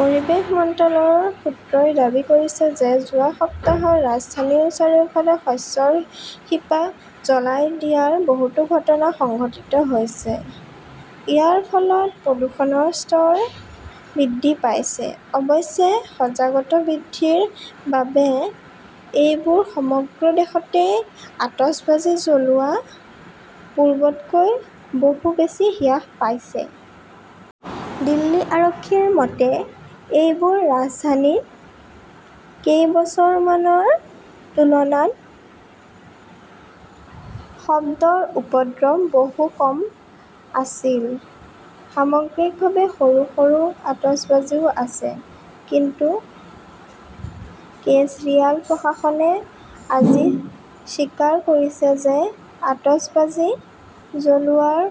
পৰিৱেশ মন্ত্ৰালয়ৰ সূত্ৰই দাবী কৰিছে যে যোৱা সপ্তাহত ৰাজধানীৰ চাৰিওফালে শস্যৰ শিপা জ্বলাই দিয়াৰ বহুতো ঘটনা সংঘটিত হৈছে। ইয়াৰ ফলত প্ৰদূষণৰ স্তৰ বৃদ্ধি পাইছে। অৱশ্যে, সজাগতা বৃদ্ধিৰ বাবে এইবাৰ সমগ্ৰ দেশতে আতচবাজি জ্বলোৱা পূৰ্বতকৈ বহু বেছি হ্ৰাস পাইছে। দিল্লী আৰক্ষীৰ মতে, এইবাৰ ৰাজধানীত কেইবছৰমানৰ তুলনাত শব্দৰ উপদ্ৰৱ বহু কম আছিল। সামগ্ৰিকভাৱে সৰু সৰু আতচবাজিও আছে। কিন্তু কেজৰিৱাল প্ৰশাসনে আজি স্বীকাৰ কৰিছে যে আতচবাজী জ্বলোৱাৰ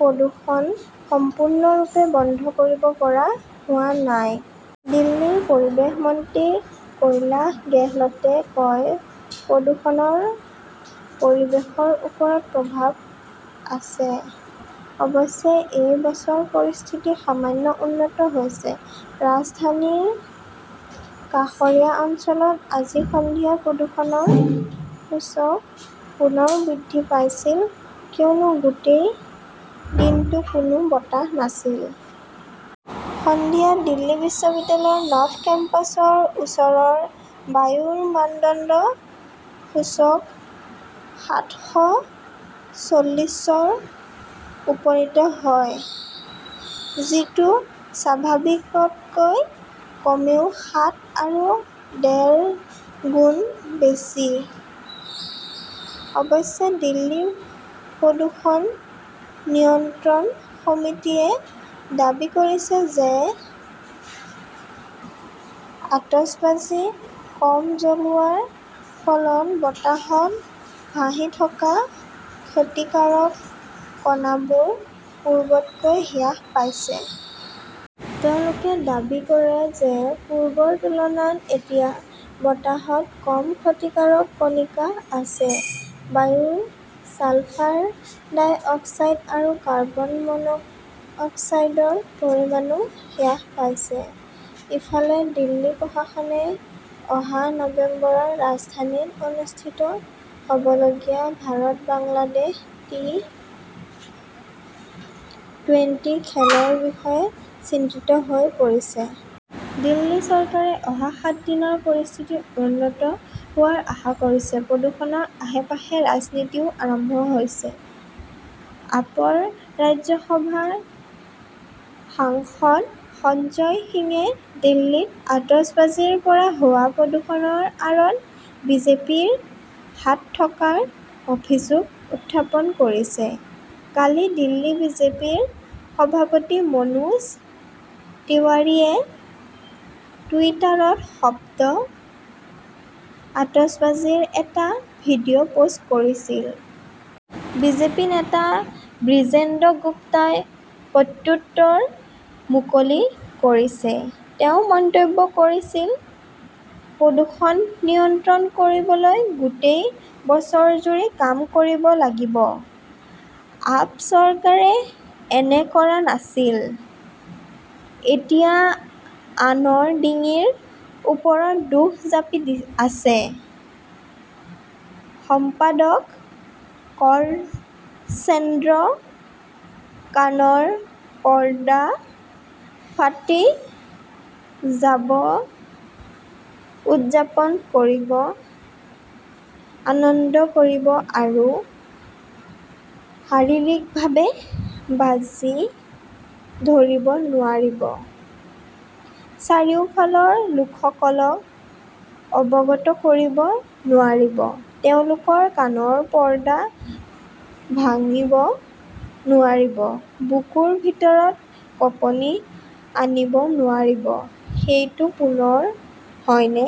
প্ৰদূষণ সম্পূৰ্ণৰূপে বন্ধ কৰিব পৰা হোৱা নাই। দিল্লীৰ পৰিৱেশ মন্ত্ৰী কৈলাশ গেহলটে কয়, "প্ৰদূষণৰ পৰিৱেশৰ ওপৰত প্ৰভাৱ আছে। অৱশ্যে, এই বছৰ পৰিস্থিতি সামান্য উন্নত হৈছে। "ৰাজধানীৰ কাষৰীয়া অঞ্চলত আজি সন্ধিয়া প্ৰদূষণৰ সূচক পুনৰ বৃদ্ধি পাইছিল কিয়নো গোটেই দিনটো কোনো বতাহ নাছিল। সন্ধিয়া দিল্লী বিশ্ববিদ্যালয়ৰ নৰ্থ কেম্পাছৰ ওচৰৰ বায়ুৰ মানদণ্ড সূচক সাতশ চল্লিছত উপনীত হয়। যিটো স্বাভাৱিকতকৈ কমেও সাত আৰু ডেৰ গুণ বেছি। অৱশ্যে, দিল্লী প্ৰদূষণ নিয়ন্ত্ৰণ সমিতিয়ে দাবী কৰিছে যে আতচবাজি কম জ্বলোৱাৰ ফলত বতাহত ভাহি থকা ক্ষতিকাৰক কণাবোৰ পূৰ্বতকৈ হ্ৰাস পাইছে। তেওঁলোকে দাবী কৰে যে পূৰ্বৰ তুলনাত এতিয়া বতাহত কম ক্ষতিকাৰক কণিকা আছে। বায়ুৰ ছালফাৰ ডাই অক্সাইড আৰু কাৰ্বন মনো অক্সাইডৰ পৰিমাণও হ্ৰাস পাইছে। ইফালে, দিল্লী প্ৰশাসনে অহা নৱেম্বৰত ৰাজধানীত অনুষ্ঠিত হ'বলগীয়া ভাৰত-বাংলাদেশ টি-টোৱেন্টি খেলৰ বিষয়ে চিন্তিত হৈ পৰিছে। দিল্লী চৰকাৰে অহা সাত দিনত পৰিস্থিতি উন্নত হোৱাৰ আশা কৰিছে। প্ৰদূষণৰ আশে-পাশে ৰাজনীতিও আৰম্ভ হৈছে। আপৰ ৰাজ্যসভাৰ সাংসদ সঞ্জয় সিঙে দিল্লীত আতচবাজিৰ পৰা হোৱা প্ৰদূষণৰ আঁৰত বিজেপিৰ হাত থকাৰ অভিযোগ উত্থাপন কৰিছে। কালি দিল্লী বিজেপিৰ সভাপতি মনোজ তিৱাৰীয়ে টুইটাৰত শব্দ আতচবাজিৰ এটা ভিডিঅ পোষ্ট কৰিছিল। বিজেপি নেতা বিজেন্দ্ৰ গুপ্তাই প্ৰত্যুত্তৰ মুকলি কৰিছে। তেওঁ মন্তব্য কৰিছিল, "প্ৰদূষণ নিয়ন্ত্ৰণ কৰিবলৈ গোটেই বছৰজুৰি কাম কৰিব লাগিব। আপ চৰকাৰে এনে কৰা নাছিল। এতিয়া আনৰ ডিঙিৰ ওপৰত দোষ জাপি আছে।" সম্পাদক কৰচেশু কাণৰ পৰ্দা ফাটি যাব উদযাপন কৰিব, আনন্দ কৰিব, আৰু শাৰীৰিকভাৱে বাজি ধৰিব নোৱাৰিব, চাৰিওফালৰ লোকসকলক অৱগত কৰিব নোৱাৰিব, তেওঁলোকৰ কাণৰ পৰ্দা ভাঙিব নোৱাৰিব, বুকুৰ ভিতৰত কঁপনি আনিব নোৱাৰিব-সেইটো পুনৰ হয়নে?